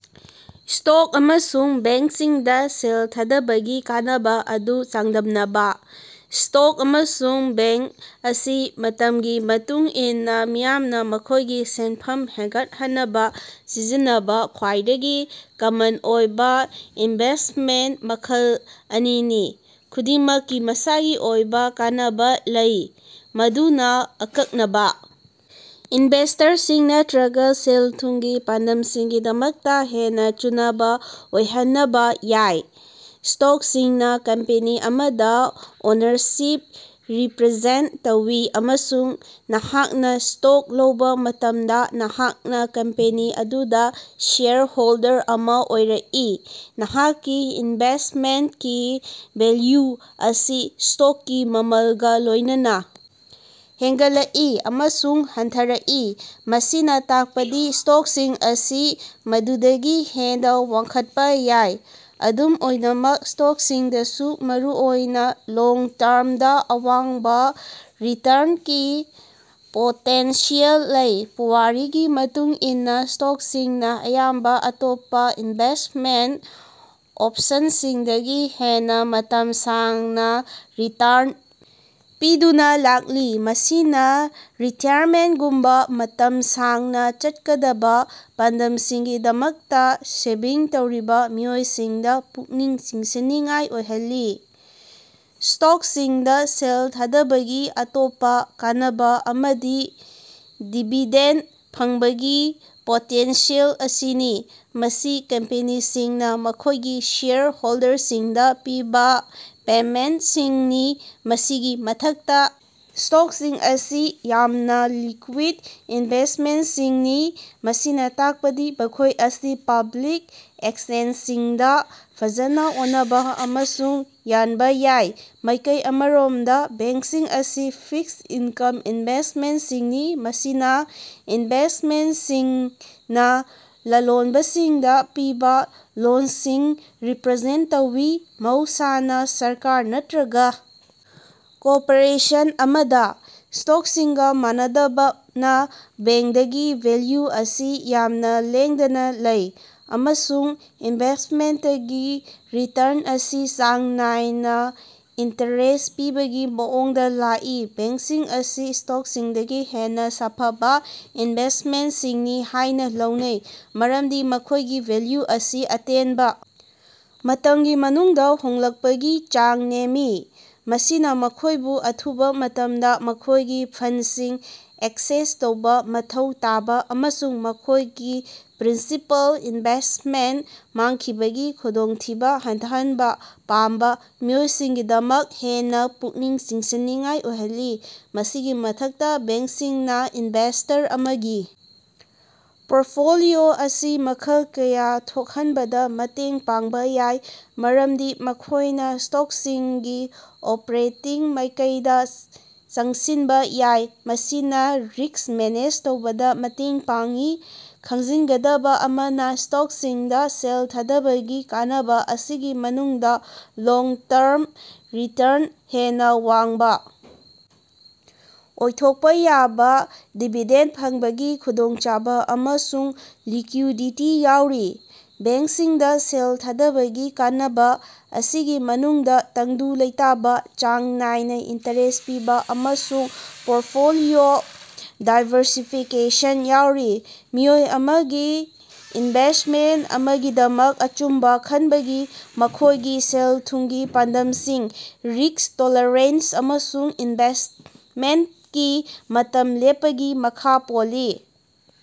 Stock ꯑꯃꯁꯨꯡ ꯕꯣꯟꯗꯁꯤꯡꯗꯥ ꯁꯦꯜ ꯊꯥꯗꯕꯒꯤ ꯀꯥꯟꯅꯕꯥ ꯑꯗꯨ ꯆꯥꯡꯗꯝꯅꯕꯥ꯫ ꯁ꯭ꯇꯣꯛ ꯑꯃꯁꯨꯡ ꯕꯣꯟꯗ ꯑꯁꯤ ꯃꯇꯝꯒꯤ ꯃꯇꯨꯡ ꯏꯟꯅꯥ ꯃꯤꯌꯥꯝꯅꯥ ꯃꯈꯣꯏꯒꯤ ꯁꯦꯟꯐꯝ ꯍꯦꯟꯒꯠꯍꯟꯅꯕꯥ ꯁꯤꯖꯤꯟꯅꯕꯥ ꯈ꯭ꯋꯥꯏꯗꯒꯤ ꯀꯃꯟ ꯑꯣꯏꯕꯥ ꯏꯟꯚꯦꯁ꯭ꯇꯃꯦꯟꯇ ꯃꯈꯜ ꯑꯅꯤꯅꯤ꯫ ꯈꯨꯗꯤꯡꯃꯛꯀꯤ ꯃꯁꯥꯒꯤ ꯑꯣꯏꯕꯥ ꯀꯥꯟꯅꯕꯥ ꯂꯩ ꯃꯗꯨꯅꯥ ꯑꯀꯛꯅꯕꯥ ꯏꯟꯚꯦꯁ꯭ꯇꯔꯁꯤꯡ ꯅꯠꯇꯔꯒꯥ ꯁꯦꯜ-ꯊꯨꯝꯒꯤ ꯄꯥꯟꯗꯝꯁꯤꯡꯒꯤꯗꯃꯛꯇꯥ ꯍꯦꯟꯅꯥ ꯆꯨꯅꯕꯥ ꯑꯣꯏꯍꯟꯅꯕꯥ ꯌꯥꯏ꯫ ꯁ꯭ꯇꯣꯛꯁꯤꯡꯅꯥ ꯀꯝꯄꯦꯅꯤ ꯑꯃꯗꯥ ꯑꯣꯅꯔꯁꯤꯞ ꯔꯤꯄ꯭ꯔꯥꯖꯦꯟꯇ ꯇꯧꯏ, ꯑꯃꯁꯨꯡ ꯅꯍꯥꯛꯅꯥ ꯁ꯭ꯇꯣꯛ ꯂꯧꯕꯥ ꯃꯇꯝꯗꯥ ꯅꯍꯥꯛꯅꯥ ꯀꯝꯄꯦꯅꯤ ꯑꯗꯨꯗꯥ ꯁꯦꯌꯔ ꯍꯣꯜꯗꯔ ꯑꯃꯥ ꯑꯣꯏꯔꯛꯏ꯫ ꯅꯍꯥꯛꯀꯤ ꯏꯟꯚꯦꯁ꯭ꯇꯃꯦꯟꯇꯀꯤ ꯚꯦꯜꯌꯨ ꯑꯁꯤ ꯁ꯭ꯇꯣꯛꯀꯤ ꯃꯃꯜꯒꯥ ꯂꯣꯏꯅꯅꯥ ꯍꯦꯟꯒꯠꯂꯛꯏ ꯑꯃꯁꯨꯡ ꯍꯟꯊꯔꯛꯏ, ꯃꯁꯤꯅꯥ ꯇꯥꯛꯄꯗꯤ ꯁ꯭ꯇꯣꯛꯁꯤꯡ ꯑꯁꯤ ꯃꯗꯨꯗꯒꯤ ꯍꯦꯟꯅꯥ ꯋꯥꯡꯈꯠꯄꯥ ꯌꯥꯏ꯫ ꯑꯗꯨꯝ ꯑꯣꯏꯅꯃꯛ, ꯁ꯭ꯇꯣꯛꯁꯤꯡꯗꯁꯨ ꯃꯔꯨꯑꯣꯏꯅꯥ ꯂꯣꯡ ꯇꯔꯝꯗꯥ ꯑꯋꯥꯡꯕꯥ ꯔꯤꯇꯔꯟꯀꯤ ꯄꯣꯇꯦꯟꯁꯤꯌꯦꯜ ꯂꯩ꯫ ꯄꯨꯋꯥꯔꯤꯒꯤ ꯃꯇꯨꯡ ꯏꯟꯅꯥ, ꯁ꯭ꯇꯣꯛꯁꯤꯡꯅꯥ ꯑꯌꯥꯝꯕꯥ ꯑꯇꯣꯞꯄꯥ ꯏꯟꯚꯦꯁ꯭ꯇꯃꯦꯟꯇ ꯑꯣꯄꯁꯟꯁꯤꯡꯗꯒꯤ ꯍꯦꯟꯅꯥ ꯃꯇꯝ ꯁꯥꯡꯅꯥ ꯔꯤꯇꯔꯟ ꯄꯤꯗꯨꯅꯥ ꯂꯥꯛꯂꯤ, ꯃꯁꯤꯅꯥ ꯔꯤꯇꯥꯌꯔꯃꯦꯟ꯭ꯇꯒꯨꯝꯕꯥ ꯃꯇꯝ ꯁꯥꯡꯅꯥ ꯆꯠꯀꯗꯕꯥ ꯄꯥꯟꯗꯝꯁꯤꯡꯒꯤꯗꯃꯛꯇꯥ ꯁꯦꯚꯤꯡ ꯇꯧꯔꯤꯕꯥ ꯃꯤꯑꯣꯏꯁꯤꯡꯗꯥ ꯄꯨꯛꯅꯤꯡ ꯆꯤꯡꯁꯤꯟꯅꯤꯡꯉꯥꯏ ꯑꯣꯏꯍꯜꯂꯤ꯫ ꯁ꯭ꯇꯣꯛꯁꯤꯡꯗꯥ ꯁꯦꯜ ꯊꯥꯗꯕꯒꯤ ꯑꯇꯣꯞꯄꯥ ꯀꯥꯟꯅꯕꯥ ꯑꯃꯗꯤ ꯗꯤꯕꯤꯗꯦꯟꯗ ꯐꯪꯕꯒꯤ ꯄꯣꯇꯦꯟꯁꯤꯌꯦꯜ ꯑꯁꯤꯅꯤ, ꯃꯁꯤ ꯀꯝꯄꯦꯅꯤꯁꯤꯡꯅꯥ ꯃꯈꯣꯏꯒꯤ ꯁꯦꯌꯔ ꯍꯣꯜꯗꯔꯁꯤꯡꯗꯥ ꯄꯤꯕꯥ ꯄꯦꯃꯦꯟꯇꯁꯤꯡꯅꯤ꯫ ꯃꯁꯤꯒꯤ ꯃꯊꯛꯇꯥ, ꯁ꯭ꯇꯣꯛꯁꯤꯡ ꯑꯁꯤ ꯌꯥꯝꯅꯥ ꯂꯤꯛꯀ꯭ꯌꯨꯗ ꯏꯟꯚꯦꯁ꯭ꯇꯃꯦꯟꯇꯁꯤꯡꯅꯤ, ꯃꯁꯤꯅꯥ ꯇꯥꯛꯄꯗꯤ ꯃꯈꯣꯏ ꯑꯁꯤ ꯄꯕ꯭ꯂꯤꯛ ꯑꯦꯛꯆꯦꯟꯖꯁꯤꯡꯗꯥ ꯐꯖꯅꯥ ꯑꯣꯅꯕꯥ ꯑꯃꯁꯨꯡ ꯌꯟꯕꯥ ꯌꯥꯏ꯫ ꯃꯥꯏꯀꯩ ꯑꯃꯔꯣꯝꯗꯥ, ꯕꯣꯟꯗꯁꯤꯡ ꯑꯁꯤ ꯐꯤꯛꯁ ꯏꯅꯀꯝ ꯏꯟꯚꯦꯁ꯭ꯇꯃꯦꯟꯇꯁꯤꯡꯅꯤ, ꯃꯁꯤꯅꯥ ꯏꯟꯚꯦꯁ꯭ꯇꯔꯁꯤꯡꯅꯥ ꯂꯂꯣꯟꯕꯁꯤꯡꯗꯥ ꯄꯤꯕꯥ ꯂꯣꯟꯁꯤꯡ ꯔꯤꯞꯔꯖꯦꯟꯇ ꯇꯧꯏ, ꯃꯍꯧꯁꯥꯅꯥ ꯁꯔꯀꯥꯔ ꯅꯠꯇꯔꯒꯥ ꯀꯣꯔꯄꯣꯔꯦꯁꯟ ꯑꯃꯗꯥ꯫ ꯁ꯭ꯇꯣꯛꯁꯤꯡꯒꯥ ꯃꯥꯟꯅꯗꯅꯥ, ꯕꯣꯟꯗꯒꯤ ꯚꯦꯜꯌꯨ ꯑꯁꯤ ꯌꯥꯝꯅꯥ ꯂꯦꯡꯗꯅꯥ ꯂꯩ, ꯑꯃꯁꯨꯡ ꯏꯟꯚꯦꯁ꯭ꯇꯃꯦꯟꯇꯀꯤ ꯔꯤꯇꯔꯟ ꯑꯁꯤ ꯆꯥꯡ ꯅꯥꯏꯅꯥ ꯏꯟꯇꯔꯦꯁ ꯄꯤꯕꯒꯤ ꯃꯑꯣꯡꯗꯥ ꯂꯥꯛꯏ꯫ ꯕꯣꯟꯗꯁꯤꯡ ꯑꯁꯤ ꯁ꯭ꯇꯣꯛꯁꯤꯡꯗꯒꯤ ꯍꯦꯟꯅꯥ ꯁꯥꯐꯕꯥ ꯏꯟꯚꯦꯁ꯭ꯇꯃꯦꯟꯇꯁꯤꯡꯅꯤ ꯍꯥꯏꯅꯥ ꯂꯧꯅꯩ ꯃꯔꯝꯗꯤ ꯃꯈꯣꯏꯒꯤ ꯚꯦꯜꯌꯨ ꯑꯁꯤ ꯑꯇꯦꯟꯕꯥ ꯃꯇꯝꯒꯤ ꯃꯅꯨꯡꯗꯥ ꯍꯣꯡꯂꯛꯄꯒꯤ ꯆꯥꯡ ꯅꯦꯝꯃꯤ꯫ ꯃꯁꯤꯅꯥ ꯃꯈꯣꯏꯕꯨ ꯑꯊꯨꯕꯥ ꯃꯇꯝꯗꯥ ꯃꯈꯣꯏꯒꯤ ꯐꯟꯗꯁꯤꯡ ꯑꯦꯛꯁꯦꯁ ꯇꯧꯕꯥ ꯃꯊꯧ ꯇꯥꯕꯥ ꯑꯃꯁꯨꯡ ꯃꯈꯣꯏꯒꯤ ꯄ꯭ꯔꯤꯟꯁꯤꯄꯥꯜ ꯏꯟꯚꯦꯁ꯭ꯇꯃꯦꯟꯇ ꯃꯥꯡꯈꯤꯕꯒꯤ ꯈꯨꯗꯣꯡꯊꯤꯕꯥ ꯍꯟꯊꯍꯟꯕꯥ ꯄꯥꯝꯕꯥ ꯃꯤꯑꯣꯏꯁꯤꯡꯒꯤꯗꯃꯛ ꯍꯦꯟꯅꯥ ꯄꯨꯛꯅꯤꯡ ꯆꯤꯡꯁꯤꯟꯅꯤꯡꯉꯥꯏ ꯑꯣꯏꯍꯜꯂꯤ꯫ ꯃꯁꯤꯒꯤ ꯃꯊꯛꯇꯥ, ꯕꯣꯟꯗꯁꯤꯡꯅꯥ ꯏꯟꯚꯦꯁ꯭ꯇꯔ ꯑꯃꯒꯤ ꯄꯣꯔꯇꯐꯣꯂꯤꯑꯣ ꯑꯁꯤ ꯃꯈꯜ ꯀꯌꯥ ꯊꯣꯛꯍꯟꯕꯗꯥ ꯃꯇꯦꯡ ꯄꯥꯡꯕꯥ ꯌꯥꯏ, ꯃꯔꯝꯗꯤ ꯃꯈꯣꯏꯅꯥ ꯁ꯭ꯇꯣꯛꯁꯤꯡꯒꯤ ꯑꯣꯄꯔꯦꯇꯤꯡ ꯃꯥꯏꯀꯩꯗꯥ ꯆꯪꯁꯤꯟꯕꯥ ꯌꯥꯏ, ꯃꯁꯤꯅꯥ ꯔꯤꯁ꯭ꯛ ꯃꯦꯅꯦꯖ ꯇꯧꯕꯗꯥ ꯃꯇꯦꯡ ꯄꯥꯡꯏ꯫ ꯈꯪꯖꯤꯒꯗꯕꯥ ꯑꯃꯅꯥ, ꯁ꯭ꯇꯣꯛꯁꯤꯡꯗꯥ ꯁꯦꯜ ꯊꯥꯗꯕꯒꯤ ꯀꯥꯟꯅꯕꯥ ꯑꯁꯤꯒꯤ ꯃꯅꯨꯡꯗꯥ ꯂꯣꯡ-ꯇꯔꯝ ꯔꯤꯇꯔꯟ ꯍꯦꯟꯅꯥ ꯋꯥꯡꯕꯥ ꯑꯣꯏꯊꯣꯛꯄꯥ ꯌꯥꯕꯥ, ꯗꯤꯕꯤꯗꯦꯟꯗ ꯐꯪꯕꯒꯤ ꯈꯨꯗꯣꯡꯆꯥꯕꯥ, ꯑꯃꯁꯨꯡ ꯂꯤꯛꯀ꯭ꯌꯨꯗꯤꯇꯤ ꯌꯥꯎꯔꯤ꯫ ꯕꯣꯟꯗꯁꯤꯡꯗꯥ ꯁꯦꯜ ꯊꯥꯗꯕꯒꯤ ꯀꯥꯟꯅꯕꯥ ꯑꯁꯤꯒꯤ ꯃꯅꯨꯡꯗꯥ ꯇꯪꯗꯨ ꯂꯩꯇꯥꯕꯥ, ꯆꯥꯡ ꯅꯥꯏꯅꯥ ꯏꯟꯇꯔꯦꯁ ꯄꯤꯕꯥ, ꯑꯃꯁꯨꯡ ꯄꯣꯔꯇꯐꯣꯂꯤꯑꯣ ꯗꯥꯏꯕꯔꯁꯤꯐꯤꯀꯦꯁꯟ ꯌꯥꯎꯔꯤ꯫ ꯃꯤꯑꯣꯏ ꯑꯃꯒꯤ ꯏꯟꯚꯦꯁ꯭ꯇꯔ ꯑꯃꯒꯤꯗꯃꯛ ꯑꯆꯨꯝꯕꯥ ꯈꯟꯕꯁꯤ ꯃꯈꯣꯏꯒꯤ ꯁꯦꯜ-ꯊꯨꯝꯒꯤ ꯄꯥꯟꯗꯝꯁꯤꯡ, ꯔꯤꯁ꯭ꯛ ꯇꯣꯂꯔꯦꯟꯁ, ꯑꯃꯁꯨꯡ ꯏꯟꯚꯦꯁ꯭ꯇꯃꯦꯟꯇꯀꯤ ꯃꯇꯝ ꯂꯦꯞꯄꯒꯤ ꯃꯈꯥ ꯄꯣꯜꯂꯤ꯫